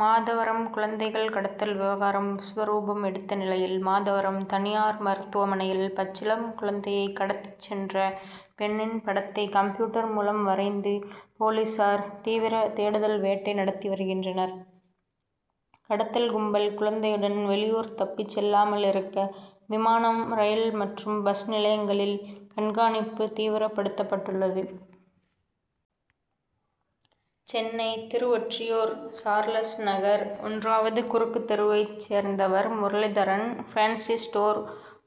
மாதவரம் குழந்தைகள் கடத்தல் விவகாரம் விஸ்வரூபம் எடுத்த நிலையில், மாதவரம் தனியார் மருத்துவமனையில் பச்சிளம் குழந் தையை கடத்திச் சென்ற பெண்ணின் படத்தை கம்ப்யூட்டர் மூலம் வரைந்து, போலீசார் தீவிர தேடுதல் வேட்டை நடத்தி வருகின்றனர். கடத்தல் கும்பல், குழந்தையுடன் வெளியூர் தப்பிச் செல்லாமல் இருக்க, விமானம், ரயில் மற்றும் பஸ் நிலையங்களில் கண்காணிப்பு தீவிரப்படுத்தப்பட்டுள்ளது. சென்னை திருவொற்றியூர் சார்லஸ் நகர் ஒன்றாவது குறுக்கு தெருவைச் சேர்ந்தவர் முரளிதரன் பேன்சி ஸ்டோர்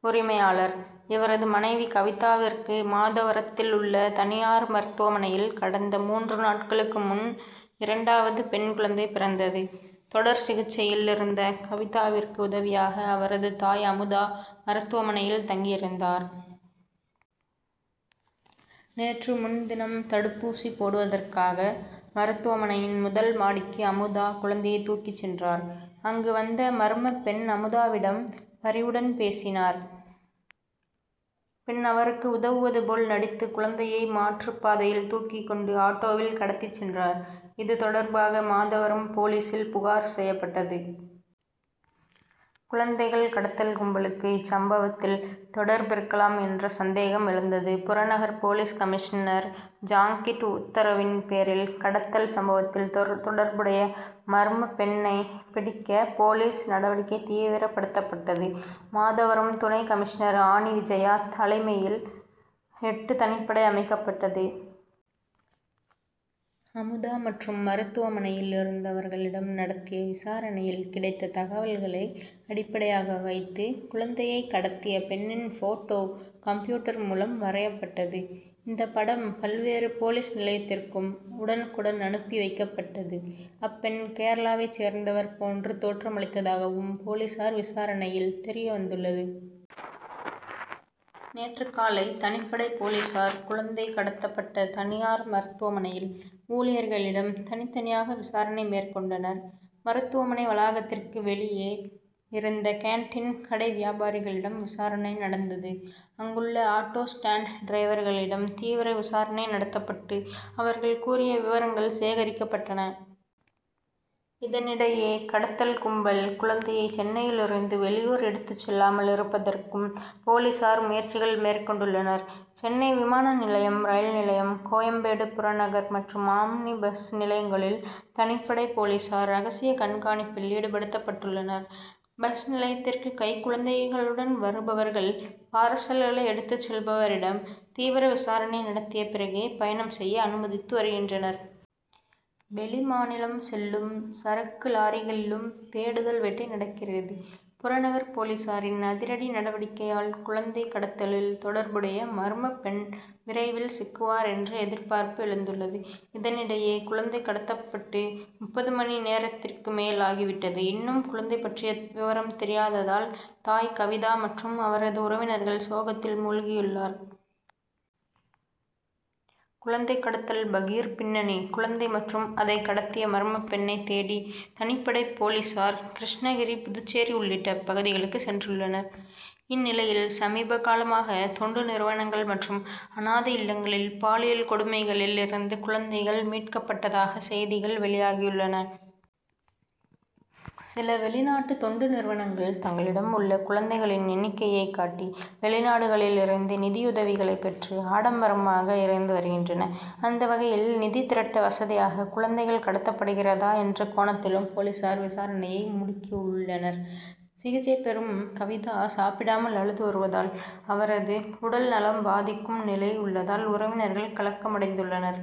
உரிமையாளர். இவரது மனைவி கவிதாவிற்கு, மாதவரத்தில் உள்ள தனியார் மருத்துவமனையில் கடந்த மூன்று நாட்களுக்கு முன், இரண்டாவது பெண் குழந்தை பிறந்தது. தொடர் சிகிச்சையில் இருந்த கவிதாவிற்கு உதவியாக அவரது தாய் அமுதா மருத்துவமனையில் தங்கி இருந்தார். நேற்று முன்தினம் தடுப்பூசி போடுவதற்காக மருத்துவமனையின் முதல் மாடிக்கு அமுதா குழந்தையை தூக்கிச் சென்றார். அங்கு வந்த மர்மப் பெண், அமுதாவிடம் பரிவுடன் பேசினார். பின் அவருக்கு உதவுவது போல் நடித்து குழந் தையை மாற்றுப் பாதையில் தூக்கிக் கொண்டு ஆட்டோவில் கடத்திச் சென்றார். இது தொடர்பாக மாதவரம் போலீசில் புகார் செய்யப்பட்டது. குழந்தைகள் கடத்தல் கும்பலுக்கு இச்சம்பவத்தில் தொடர்பிருக்கலாம் என்ற சந்தேகம் எழுந்தது. புறநகர் போலீஸ் கமிஷனர் ஜாங்கிட் உத்தரவின் பேரில், கடத்தல் சம்பவத்தில் தொடர்புடைய மர்மப் பெண்ணை பிடிக்க போலீஸ் நடவடிக்கை தீவிரப்படுத்தப்பட்டது. மாதவரம் துணை கமிஷனர் ஆனி விஜயா தலைமையில் எட்டு தனிப்படை அமைக் கப்பட்டது. அமுதா மற்றும் மருத்துவமனையில் இருந்தவர்களிடம் நடத்திய விசாரணையில் கிடைத்த தகவல்களை அடிப்படையாக வைத்து, குழந்தையை கடத்திய பெண்ணின் போட்டோ கம்ப்யூட்டர் மூலம் வரையப்பட்டது. இந்த படம் பல்வேறு போலீஸ் நிலையத்திற்கும் உடனுக்குடன் அனுப்பி வைக்கப்பட்டது. அப்பெண் கேரளாவைச் சேர்ந்தவர் போன்று தோற்றம் அளித்ததாகவும் போலீசார் விசாரணையில் தெரியவந்துள்ளது. நேற்று காலை தனிப்படை போலீசார், குழந்தை கடத்தப் பட்ட தனியார் மருத்துவமனையில், ஊழியர்களிடம் தனித்தனியாக விசாரணை மேற்கொண்டனர். மருத்துவமனை வளாகத்திற்கு வெளியே இருந்த கேன்டீன், கடை வியாபாரிகளிடம் விசாரணை நடந்தது. அங்குள்ள ஆட்டோ ஸ்டாண்ட் டிரைவர்களிடம் தீவிர விசாரணை நடத்தப்பட்டு, அவர்கள் கூறிய விவரங்கள் சேகரிக்கப்பட்டன. இதனிடையே கடத்தல் கும்பல், குழந்தையை சென்னையில் இருந்து வெளியூர் எடுத்துச் செல்லாமல் இருப்பதற்கும் போலீசார் முயற்சிகள் மேற் கொண்டுள்ளனர். சென்னை விமான நிலையம், ரயில் நிலையம், கோயம்பேடு புறநகர் மற்றும் ஆம்னி பஸ் நிலையங்களில் தனிப்படை போலீசார் ரகசிய கண்காணிப்பில் ஈடுபடுத்தப் பட்டுள்ளனர். பஸ் நிலையத்திற்கு கைக்குழந்தைகளுடன் வருபவர்கள், பார்சல்களை எடுத்துச் செல்பவரிடம் தீவிர விசாரணை நடத்திய பிறகே பயணம் செய்ய அனுமதித்து வருகின்றனர். வெளிமாநிலம் செல் லும் சரக்கு லாரிகளிலும் தேடுதல் வேட்டை நடக்கிறது. புறநகர் போலீசாரின் அதிரடி நடவடிக்கையால், குழந்தை கடத்தலில் தொடர்புடைய மர்மப் பெண் விரைவில் சிக்குவார் என்ற எதிர்பார்ப்பு எழுந் துள்ளது. இதனிடையே, குழந்தை கடத்தப்பட்டு முப்பது மணி நேரத்திற்கு மேல் ஆகிவிட்டது. இன்னும் குழந்தை பற்றிய விவரம் தெரியாததால், தாய் கவிதா மற்றும் அவரது உறவினர்கள் சோகத்தில் மூழ்கியுள்ளர். குழந்தை கடத்தல் பகீர் பின்னணி குழந்தை மற்றும் அதை கடத்திய மர்மப் பெண்ணைத் தேடி தனிப்படை போலீசார், கிருஷ்ணகிரி, புதுச்சேரி உள்ளிட்ட பகுதிகளுக்கு சென்றுள்ளனர். இந்நிலையில், சமீப காலமாக தொண்டு நிறுவனங்கள் மற்றும் அனாதை இல்லங்களில் பாலியல் கொடுமைகளில் இருந்து குழந்தைகள் மீட்கப்பட்டதாக செய்திகள் வெளியாகியுள்ளன. சில வெளிநாட்டு தொண்டு நிறுவனங்கள் தங்களிடம் உள்ள குழந்தைகளின் எண்ணிக்கையை காட்டி, வெளிநாடுகளில் இருந்து நிதி உதவிகளை பெற்று ஆடம்பரமாக இருந்து வருகின்றன. அந்த வகையில் நிதி திரட்ட வசதியாக குழந்தைகள் கடத்தப்படுகிறதா என்ற கோணத்திலும் போலீசார் விசாரணையை முடுக்கி உள்ளனர். சிகிச்சை பெறும் கவிதா சாப்பிடாமல் அழுது வருவதால், அவரது உடல் நலம் பாதிக்கும் நிலை உள்ளதால் உறவினர்கள் கலக்கமடைந்துள்ளனர்.